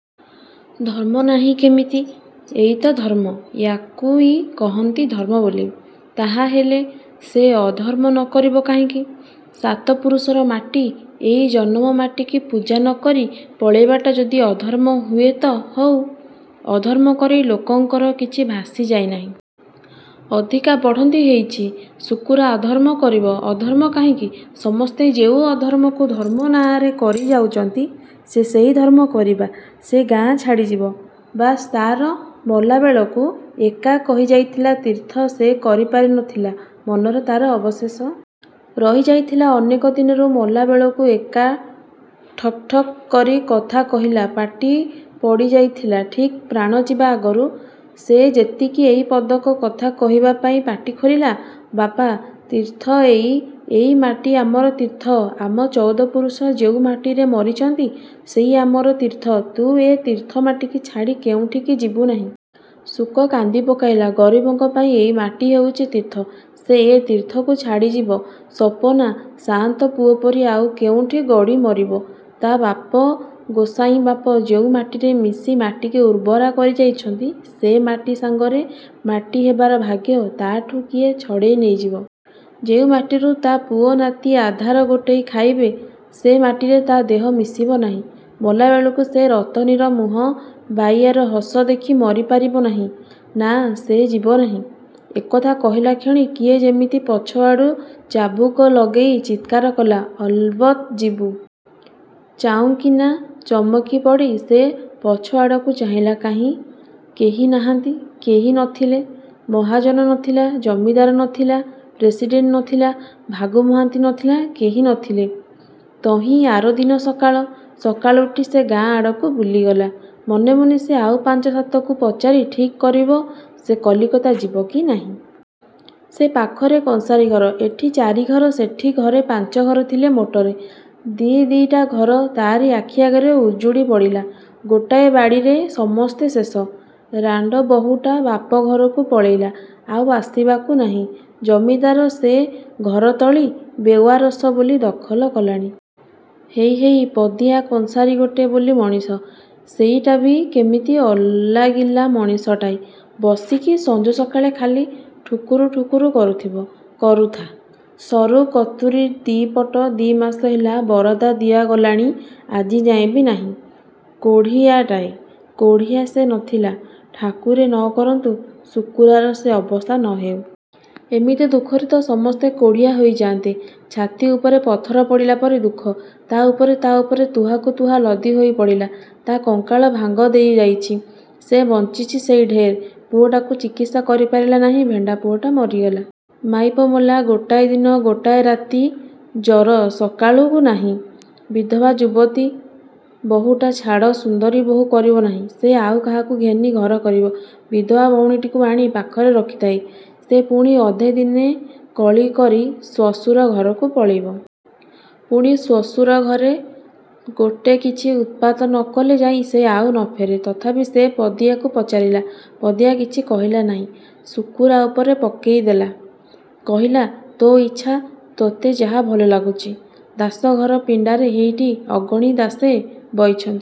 ଧର୍ମ ନାହିଁ କେମିତି? ଏଇ ତ ଧର୍ମ । ୟାକୁଇ କହନ୍ତି ଧର୍ମବୋଲି। ତାହାହେଲେ, ସେ ଅଧର୍ମ ନ କରିବ କାହିଁକି। ସାତପୁରୁଷର ମାଟି ଏଇ ଜନମ ମାଟିକି ପୂଜା ନ କରି ପଳେଇବାଟା ଯଦି ଅଧର୍ମ ହୁଏତ ହଉ। ଅଧର୍ମ କରି ଲୋକଙ୍କର କିଛି ଭାସିଯାଇ ନାହିଁ। ଅଧିକା ବଢ଼ନ୍ତି ହେଇଛି। ଶୁକୁରା ଅଧର୍ମ କରିବ। ଅଧର୍ମ କାହିଁକି? ସମସ୍ତେ ଯେଉଁ ଅଧର୍ମକୁ ଧର୍ମ ନାଆଁରେ କରିଯାଉଚନ୍ତି ସେ ସେଇ ଧର୍ମ କରିବା। ସେ ଗାଁ ଛାଡ଼ିଯିବ। ବାସ ତାର ମଲାବେଳକୁ ଏକା କହିଯାଇଥିଲା ତୀର୍ଥ ସେ କରିପାରି ନଥିଲା ମନରେ ତାର ଅବଶେଷ ରହିଯାଇଥିଲା ଅନେକ ଦିନରୁ ମଲାବେଳକୁ ଏକା ଠକ୍ଠକ୍ କରି କଥା କହିଲା ପାଟି ପଡ଼ିଯାଇଥିଲା ଠିକ୍ ପ୍ରାଣଯିବା ଆଗରୁ ସେ ଯେମିତି ଏଇ ପଦକ କଥା କହିବାପାଇଁ ପାଟି ଖୋଲିଲା 'ବାପା, ତୀର୍ଥ ଏଇ, ଏଇ ମାଟି ଆମର ତୀର୍ଥ ଆମ ଚଉଦପୁରୁଷ ଯେଉଁ ମାଟିରେ ମରିଚନ୍ତି ସେଇ ଆମର ତୀର୍ଥ ତୁ ଏ ତୀର୍ଥମାଟିକି ଛାଡ଼ି କେଉଁଠିକି ଯିବୁ ନାହିଁ। ଶୁକ କାନ୍ଦିପକାଇଲା ଗରିବଙ୍କ ପାଇ ଏଇ ମାଟି ହେଉଛି ତୀର୍ଥ ସେ ଏ ତୀର୍ଥକୁ ଛାଡ଼ିଯିବ ସପନା ସାଆନ୍ତ ପୁଅପରି ଆଉ କେଉଁଠି ଗଡ଼ି ମରିବ। ତା ବାପ ଗୋସାଇଁବାପ ଯେଉଁ ମାଟିରେ ମିଶି ମାଟିକି ଉର୍ବରା କରିଯାଇଛନ୍ତି ସେ ମାଟି ସାଙ୍ଗରେ ମାଟି ହେବାର ଭାଗ୍ୟ ତା'ଠୁ କିଏ ଛଡ଼େଇ ନେଇଯିବ। ଯେଉଁ ମାଟିରୁ ତା ପୁଅ ନାତି ଆଧାର ଗୋଟେଇ ଖାଇବେ ସେ ମାଟିରେ ତା ଦେହ ମିଶିବ ନାହିଁ। ମଲାବେଳକୁ ସେ ରତନୀର ମୁହଁ, ବାଇଆର ହସ ଦେଖି ମରି ପାରିବ ନାହିଁ? ନାଁ, ସେ ଯିବ ନାହିଁ। ଏକଥା କହିଲାକ୍ଷଣି କିଏ ଯେମିତି ପଛଆଡ଼ୁ ଚାବୁକ ଲଗେଇ ଚିତ୍କାର କଲା ଅଲବତ୍ ଯିବୁ। ଚାଉଁକିନା ଚମକି ପଡ଼ି ସେ ପଛଆଡ଼କୁ ଚାହିଁଲା। କାହିଁ, କେହି ନାହାନ୍ତି। କେହି ନଥିଲେ। ମହାଜନ ନଥିଲା, ଜମିଦାର ନଥିଲା, ପ୍ରେସିଡ଼େଣ୍ଟ ନଥିଲା, ଭାଗୁ ମହାନ୍ତି ନଥିଲା କେହି ନଥିଲେ। ତହିଁ ଆରଦିନ ସକାଳ। ସକାଳୁ ଉଠି ସେ ଗାଁ ଆଡ଼କୁ ବୁଲିଗଲା। ମନେ ମନେ ସେ ଆଉ ପାଞ୍ଚ ସାତକୁ ପଚାରି ଠିକ୍ କରିବ ସେ କଲିକତା ଯିବ କି ନାହିଁ। ସେ ପାଖରେ କଂସାରି ଘର। ଏଠି ଚାରିଘର ସେଠି ଘରେ ପାଞ୍ଚଘର ଥିଲେ ମୋଟରେ। ଦି ଦିଟା ଘର ତା'ରି ଆଖି ଆଗରେ ଉଜୁଡ଼ି ପଡ଼ିଲା। ଗୋଟାଏ ବାଡ଼ିରେ ସମସ୍ତେ ଶେଷ। ରାଣ୍ଡ ବହୂଟା ବାପଘରକୁ ପଳେଇଲା। ଆଉ ଆସିବାକୁ ନାହିଁ। ଜମିଦାର ସେ ଘରତଳି ବେଓ୍ୟାରସ ବୋଲି ଦଖଲ କଲାଣି। ହେଇ ହେଇ ପଦିଆ କଂସାରି ଗୋଟେ ବୋଲି ମଣିଷ। ସେଇଟାବି କେମିତି ଅଲାଗିଲା ମଣିଷଟାଏ। ବସିକି ସଞ୍ଜସକାଳେ ଖାଲି ଠୁକୁର ଠୁକୁର କରୁଥିବ। କରୁଥା। ସରୁ କତୁରୀ ଦିପଟ ଦିମାସ ହେଲା ବରାଦ ଦିଆଗଲାଣି ଆଜିଯାଏଁବି ନାହିଁ। କୋଢ଼ିଆଟାଏ। କୋଢ଼ିଆ ସେ ନଥିଲା। ଠାକୁରେ ନ କରନ୍ତୁ ଶୁକୁରାର ସେ ଅବସ୍ଥା ନ ହେଉ। ଏମିତି ଦୁଃଖରେ ତ ସମସ୍ତେ କୋଢ଼ିଆ ହୋଇଯାନ୍ତେ। ଛାତି ଉପରେ ପଥର ପଡ଼ିଲା ପରି ଦୁଃଖ। ତା ଉପରେ ତା ଉପରେ ତୁହାକୁ ତୁହା ଲଦି ହୋଇ ପଡ଼ିଲା। ତା' କଙ୍କାଳ ଭାଙ୍ଗ ଦେଇ ଯାଇଛି। ସେ ବଞ୍ଚିଛି ସେଇ ଢେର୍। ପୁଅଟାକୁ ଚିକିତ୍ସା କରିପାରିଲା ନାହିଁ ଭେଣ୍ଡା ପୁଅଟା ମରିଗଲା। ମାଇପ ମଲା ଗୋଟାଏ ଦିନ ଗୋଟାଏ ରାତି ଜର ସକାଳକୁ ନାହିଁ। ବିଧବା ଯୁବତୀ ବହୂଟା ଛାଡ଼ ସୁନ୍ଦରୀ ବହୂ କରିବ ନାହିଁ। ସେ ଆଉ କାହାକୁ ଘେନି ଘର କରିବ? ବିଧବା ଭଉଣୀଟିକୁ ଆଣି ପାଖରେ ରହିଥାଏ। ସେ ପୁଣି ଅଧେ ଦିନେ କଳି କରି ଶ୍ୱଶୁର ଘରକୁ ପଳେଇବ। ପୁଣି ଶ୍ୱଶୁରଘରେ ଗୋଟେ କିଛି ଉତ୍ପାତ ନ କଲେ ଯାଇ ସେ ଆଉ ନ ଫେରେ। ତଥାପି ସେ ପଦିଆକୁ ପଚାରିଲା। ପଦିଆ କିଛି କହିଲା ନାହିଁ। ଶୁକୁରା ଉପରେ ପକେଇ ଦେଲା। କହିଲା ତୋ ଇଚ୍ଛା ତୋତେ ଯାହା ଭଲ ଲାଗୁଛି। ଦାସଘର ପିଣ୍ଡାରେ ହେଇଟି ଅଗଣି ଦାସେ ବଇଛନ୍ତି।